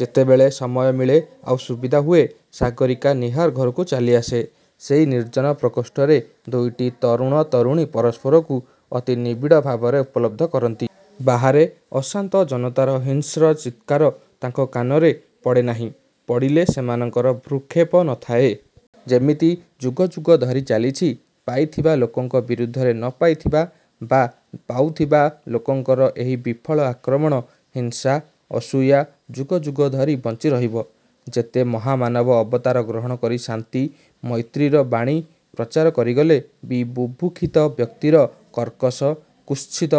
ଯେତେବେଳେ ସମୟ ମିଳେ ଆଉ ସୁବିଧା ହୁଏ; ସାଗରୀକା ନୀହାର ଘରକୁ ଚାଲିଆସେ। ସେଇ ନିର୍ଜନ ପ୍ରକୋଷ୍ଠରେ ଦୁଇଟି ତରୁଣ ତରୁଣୀ ପରସ୍ପରକୁ ଅତି ନିବିଡ଼ ଭାବରେ ଉପଲବ୍ଧି କରନ୍ତି। ବାହାରେ ଅଶାନ୍ତ ଜନତାର ହିଂସ୍ର ଚିତ୍କାର ତାଙ୍କର କାନରେ ପଡ଼େନାହିଁ। ପଡ଼ିଲେ; ସେମାନଙ୍କର ଭ୍ରୂକ୍ଷେପ ନଥାଏ। ସେମିତି ଯୁଗ ଯୁଗ ଧରି ଚାଲିଛି। ପାଇଥିବା ଲୋକଙ୍କ ବିରୁଦ୍ଧରେ 'ନ ପାଇଥିବା' ବା 'ନ ପାଉଥିବା' ଲୋକଙ୍କର ଏହି ବିଫଳ ଆକ୍ରମଣ, ହିଂସା ଅସୂୟା ଯୁଗ ଯୁଗ ଧରି ବଞ୍ଚି ରହିବ। ଯେତେ ମହାମାନବ ଅବତାର ଗ୍ରହଣ କରି ଶାନ୍ତି, ମୈତ୍ରୀର ବାଣୀ ପ୍ରଚାର କରିଗଲେ ବି ବୁଭୁକ୍ଷିତ-ବ୍ୟକ୍ତିର କର୍କଶ, କୁତ୍ସିତ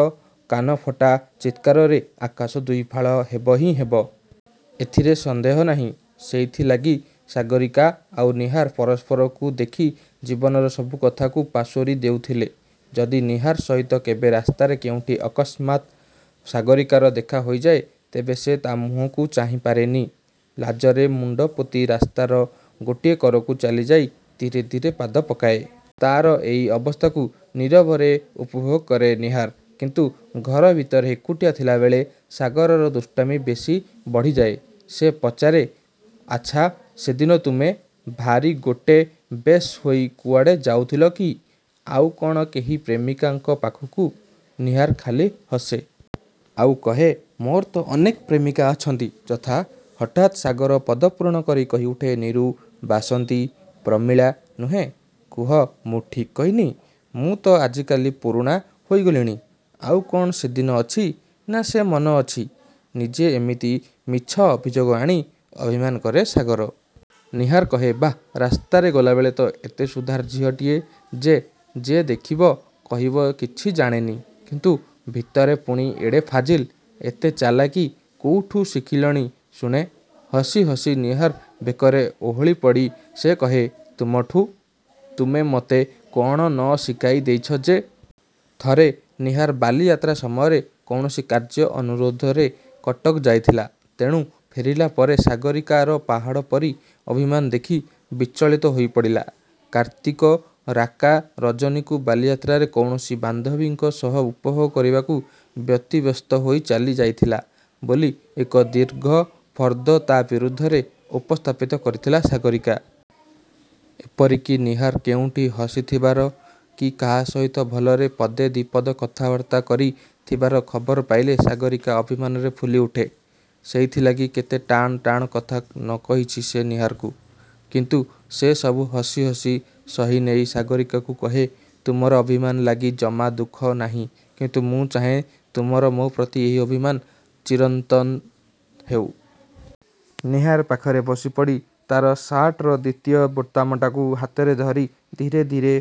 କାନଫଟା ଚିତ୍କାରରେ ଆକାଶ ଦ୍ୱିଫାଳ ହେବ ହିଁ ହେବ। ଏଥିରେ ସନ୍ଦେହ ନାହିଁ। ସେଇଥି ଲାଗି ସାଗରୀକା ଆଉ ନୀହାର ପରସ୍ପରକୁ ଦେଖି ଜୀବନର ସବୁ କଥାକୁ ପାସୋରି ଦେଉଥିଲେ। ଯଦି ନୀହାର ସହିତ କେବେ ରାସ୍ତାରେ କେଉଁଠି ଅକସ୍ମାତ୍ ସାଗରୀକାର ଦେଖା ହୋଇଯାଏ ତେବେ ସେ ତା' ମୁହଁକୁ ଚାହିଁପାରେନି। ଲାଜରେ ମୁଣ୍ତପୋତି, ରାସ୍ତାର ଗୋଟିଏ କରକୁ ଚାଲିଯାଇ ଧୀରେ ଧୀରେ ପାଦ ପକାଏ। ତା'ର ଏଇ ଅବସ୍ଥାକୁ ନୀରବରେ ଉପଭୋଗ କରେ ନୀହାର। କିନ୍ତୁ ଘର ଭିତରେ ଏକୁଟିଆ ଥିଲାବେଳେ ସାଗରର ଦୁଷ୍ଟାମି ବେଶୀ ବଢ଼ିଯାଏ। ସେ ପଚାରେ-''ଆଚ୍ଛା-ସେଦିନ ତୁମେ। ଭାରୀ ଗୋଟାଏ ବେଶ ହୋଇ କୁଆଡ଼େ ଯାଉଥିଲ କି? ଆଉ କ'ଣ କେହି ପ୍ରେମିକାଙ୍କ ପାଖକୁ? '' ନୀହାର ଖାଲି ହସେ! ଆଉ କହେ-''ମୋର ତ ଅନେକ ପ୍ରେମିକା ଅଛନ୍ତି ଯଥା। ହଠାତ୍ ସାଗର ପଦପୂରଣ କରି କହିଉଠେ-ନିରୁ, ବାସନ୍ତୀ, ପ୍ରମିଳା, ନୁହେଁ? କୁହ-ମୁଁ ଠିକ୍ କହିନି? ମୁଁ ତ ଆଜିକାଲି ପୁରୁଣା ହୋଇଗଲିଣି। ଆଉ କ'ଣ ସେଦିନ ଅଛି-ନା ସେ ମନ ଅଛି? '' ନିଜେ ଏମିତି ମିଛ ଅଭିଯୋଗ ଆଣି ଅଭିମାନ କରେ ସାଗର। ନୀହାର କହେ-ବାଃ-ରାସ୍ତାରେ ଗଲାବେଳେ ତ ଏତେ ସୁଧାର ଝିଅଟିଏ ଯେ; ଯେ ଦେଖିବ କହିବ କିଛି ଜାଣେନି। କିନ୍ତୁ ଭିତରେ ପୁଣି ଏଡ଼େ ଫାଜିଲ୍। ଏତେ ଚାଲାକି କୋଉଠୁ ଶିଖିଲଣି ଶୁଣେ? '' ହସି ହସି ନୀହାର ବେକରେ ଓହଳି ପଡ଼ି ସେ କହେ-''ତୁମଠୁଁ। ତୁମେ ମୋତେ କ'ଣ ନ ଶିଖାଇ ଦେଇଛ ଯେ? '' ଥରେ ନୀହାର ବାଲିଯାତ୍ର ସମୟରେ କୌଣସି କାର୍ଯ୍ୟ ଅନୁରୋଧରେ କଟକ ଯାଇଥିଲା। ତେଣୁ ଫେରିଲା ପରେ ସାଗରୀକାର ପାହାଡ଼ ପରି ଅଭିମାନ ଦେଖି, ବିଚଳିତ ହୋଇପଡ଼ିଲା। କାର୍ତ୍ତିକ ରାକା ରଜନୀକୁ ବାଲିଯାତ୍ରାରେ କୌଣସି ବାନ୍ଧବୀଙ୍କ ସହ ଉପଭୋଗ କରିବାକୁ ବ୍ୟତିବ୍ୟସ୍ତ ହୋଇ ଚାଲି ଯାଇଥିଲା ବୋଲି ଏକ ଦୀର୍ଘ ଫର୍ଦ୍ଦ ତା' ବିରୁଦ୍ଧରେ ଉପସ୍ଥାପିତ କରିଥିଲା ସାଗରୀକା। ଏପରିକି ନୀହାର କେଉଁଠି ହସି ଥିବାର, କି କାହା ସହିତ ଭଲରେ ପଦେ ଦି'ପଦ କଥାବାର୍ତ୍ତା କରି ଥିବାର ଖବର ପାଇଲେ ସାଗରୀକା ଅଭିମାନରେ ଫୁଲି ଉଠେ। ସେଇଥି ଲାଗି କେତେ ଟାଣ ଟାଣ କଥା ନ କହିଛି ସେ ନୀହାରକୁ-କିନ୍ତୁ ସେ ସବୁ ହସି ହସି ସହି ନେଇ ସାଗରୀକାକୁ କହେ-''ତୁମର ଅଭିମାନ ଲାଗି ଜମା ଦୁଃଖ ନାହିଁ-କିନ୍ତୁ ମୁଁ ଚାହେଁ ତୁମର ମୋ'ପ୍ରତି ଏହି ଅଭିମାନ ଚିରନ୍ତନ ହେଉ। '' ନୀହାର ପାଖରେ ବସିପଡ଼ି, ତା'ର ସାର୍ଟର ଦ୍ୱିତୀୟ ବୋତାମଟାକୁ ହାତରେ ଧରି, ଧୀରେ ଧୀରେ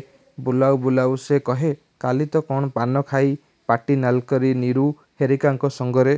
ବୁଲାଉ ବୁଲାଉ ସେ କହେ-''କାଲି ତ କ'ଣ ପାନ ଖାଇ ପାଟି ନାଲ୍କରି ନିରୁ ହେରିକାଙ୍କ ସଙ୍ଗରେ